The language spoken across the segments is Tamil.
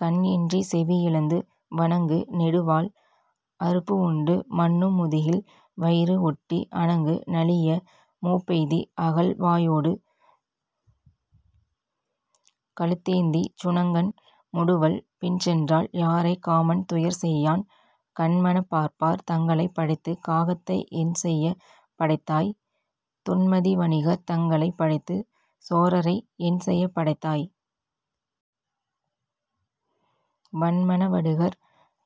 கண்இன்றிச் செவி இழந்து வணங்கு நெடுவால் அறுப்பு உண்டு மன்னு முதுகில் வயிறு ஒட்டி அணங்கு நலிய மூப்பெய்தி அகல் வாயோடு கழுத்தேந்திச் சுணங்கன் முடுவல் பின்சென்றால் யாரைக் காமன் துயர் செய்யான்? கன்மனப் பார்ப்பார் தங்களைப் படைத்துக் காகத்தை என்செயப் படைத்தாய்? துன்மதி வணிகர் தங்களைப் படைத்துச் சோரரை என்செயப் படைத்தாய்? வன்மன வடுகர்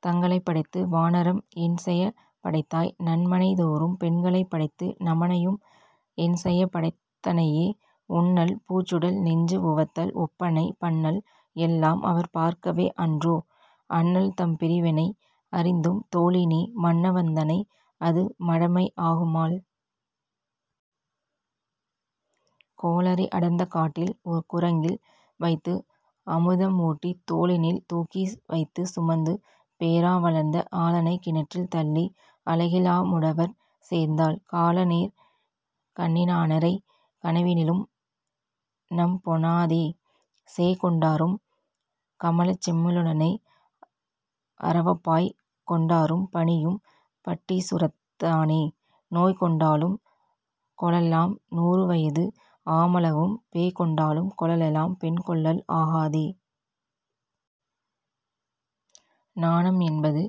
தங்களைப் படைத்து வானரம் என்செயப் படைத்தாய்? நன்மனை தோறும் பெண்களைப் படைத்து நமனையும் என்செயப் படைத்தனையே? உண்ணல் பூச்சூடல் நெஞ்சு உவத்தல் ஒப்பனை பண்ணல் எல்லாம் அவர் பார்க்கவே அன்றோ? அண்ணல் தம் பிரிவினை அறிந்தும் தோழிநீ மண்ண வந்தனை அது மடமை ஆகுமால். கோளரி அடர்ந்த காட்டில் குறங்கில் வைத்து அமுதம் ஊட்டித் தோளினில் தூக்கி வைத்துச் சுமந்து பேறா வளர்ந்த ஆளனைக் கிணற்றில் தள்ளி அழகிலா முடவர் சேர்ந்தாள் காள நேர் கண்ணினானரைக் கனவிலும் நம்பொணாதே. சேய் கொண்டாரும் கமலச் செம்மலுடனே அரவப் பாய் கொண்டாரும் பணியும் பட்டீசுரத் தானே நோய் கொண்டாலும் கொளலாம் நூறுவயது ஆமளவும் பேய் கொண்டாலும் கொளலாம் பெண்கொள்ளல் ஆகாதே. நானம் என்பது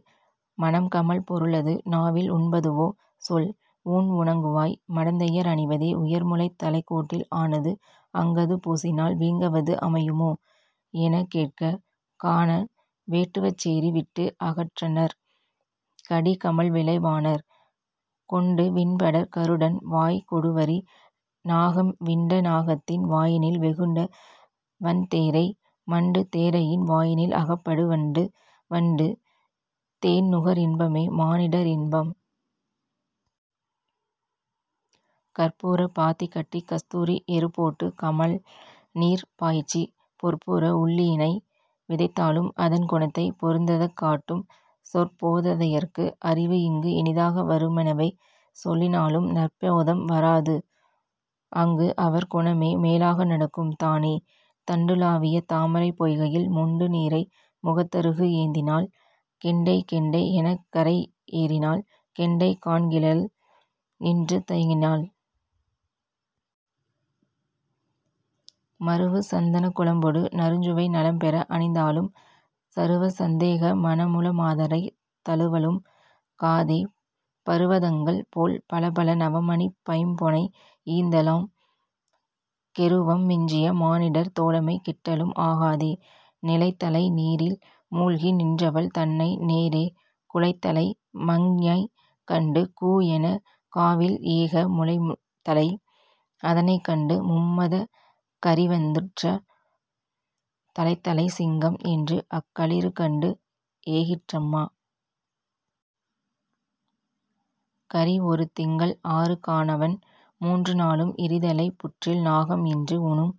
மணம் கமழ் பொருளது நாவில் உண்பதுவோ சொல்? ஊன் உணங்குவோய் மடந்தையர் அணிவதே உயர்முலைத் தலைக் கோட்டில் ஆனது அங்கது பூசினால் வீங்கவது அமையுமோ எனக் கேட்க கான வேட்டுவச் சேரி விட்டு அகன்றனர் கடி கமழ் விலை வாணர். கொண்டு விண்படர் கருடன் வாய்க் கொடுவரி நாகம் விண்ட நாகத்தின் வாயினில் வெகுண்ட வன்தேரை மண்டு தேரையின் வாயினில் அகப்படு வண்டு வண்டு தேன்நுகர் இன்பமே மானிடர் இன்பம். கற்பூரப் பாத்தி கட்டிக் கஸ்தூரி எருப்போட்டுக் கமழ்நீர் பாய்ச்சிப் பொற்பூர உள்ளியினை விதைத்தாலும் அதன் குணத்தைப் பொருந்தக் காட்டும் சொற் போதையருக்கு அறிவுஇங்கு இனிதாக வருமெனவே சொல்லி னாலும் நற்போதம் வராது அங்கு அவர் குணமே மேலாக நடக்கும் தானே. தண்டுலாவிய தாமரைப் பொய்கையில் மொண்டு நீரை முகத்தருகு ஏந்தினாள் கெண்டை கெண்டை எனக்கரை ஏறினாள் கெண்டை காண்கிலள் நின்று தயங்கினாள். மருவு சந்தனக் குழம்பொடு நறுஞ்சுவை நலம்பெற அணிந்தாலும் சருவ சந்தேக மனமுள மாதரைத் தழுவலும் காதே பருவதங்கள் போல் பலபல நவமணிப் பைம்பொனை ஈந்தாலும் கெருவம் மிஞ்சிய மானிடர் தோழமை கிட்டலும் ஆகாதே. நிலைத்தலை நீரில் மூழ்கி நின்றவள் தன்னை நேரே குலைத்தலை மஞ்ஞை கண்டு கூ எனக் காவில்ஏக முலைத்தலை அதனைக் கண்டு மும்மதக் கரிவந்துற்ற தலைத்தலைச் சிங்கம் என்று அக்களிறு கண்டு ஏகிற்றம்மா. கரி ஒரு திங்கள் ஆறு கானவன் மூன்றுநாளும் இரிதலைப் புற்றில் நாகம் இன்று உணும்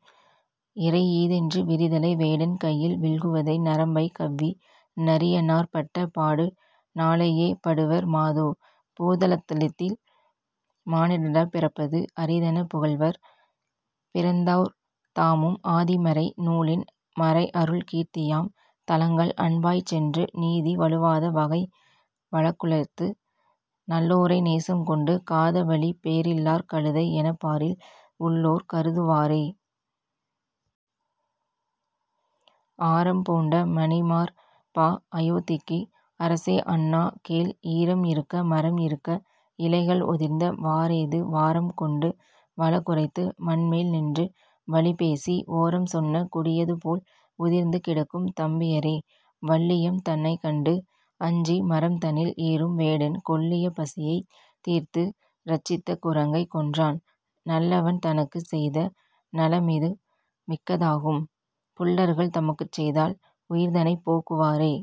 இரை ஈதென்று விரிதலை வேடன் கையில் வில்குதை நரம்பைக் கவ்வி நரியனார் பட்ட பாடு நாளையே படுவர் மாதோ. பூதலத்தில் மானிடராய்ப் பிறப்பது அரிதெனப் புகல்வர் பிறந்தோர் தாமும் ஆதிமறை நூலின் மறைஅருள் கீர்த்தியாம் தலங்கள் அன்பாய்ச் சென்று நீதி வழுவாத வகை வழக்குரைத்து நல்லோரை நேசம் கொண்டு காதவழி பேரில்லார் கழுதை எனப் பாரில் உள்ளோர் கருதுவாரே. ஆரம் பூண்ட மணிமார்பா அயோத்திக்கு அரசே அண்ணா கேள் ஈரம் இருக்க மரம் இருக்க இலைகள் உதிர்ந்த வாரேது வாரம் கொண்டு வழக் குரைத்து மண்மேல் நின்று வலிபேசி ஓரம் சொன்ன குடியது போல் உதிர்ந்து கிடக்கும் தம்பியரே. வல்லியம் தனைக் கண்டு அஞ்சி மரம்தனில் ஏறும் வேடன் கொல்லிய பசியைத் தீர்த்து ரட்சித்த குரங்கைக் கொன்றான் நல்லவன் தனக்குச் செய்த நலமிது மிக்கதாகும் புல்லர்கள் தமக்குச் செய்தால் உயிர்தனைப் போக்குவாரே.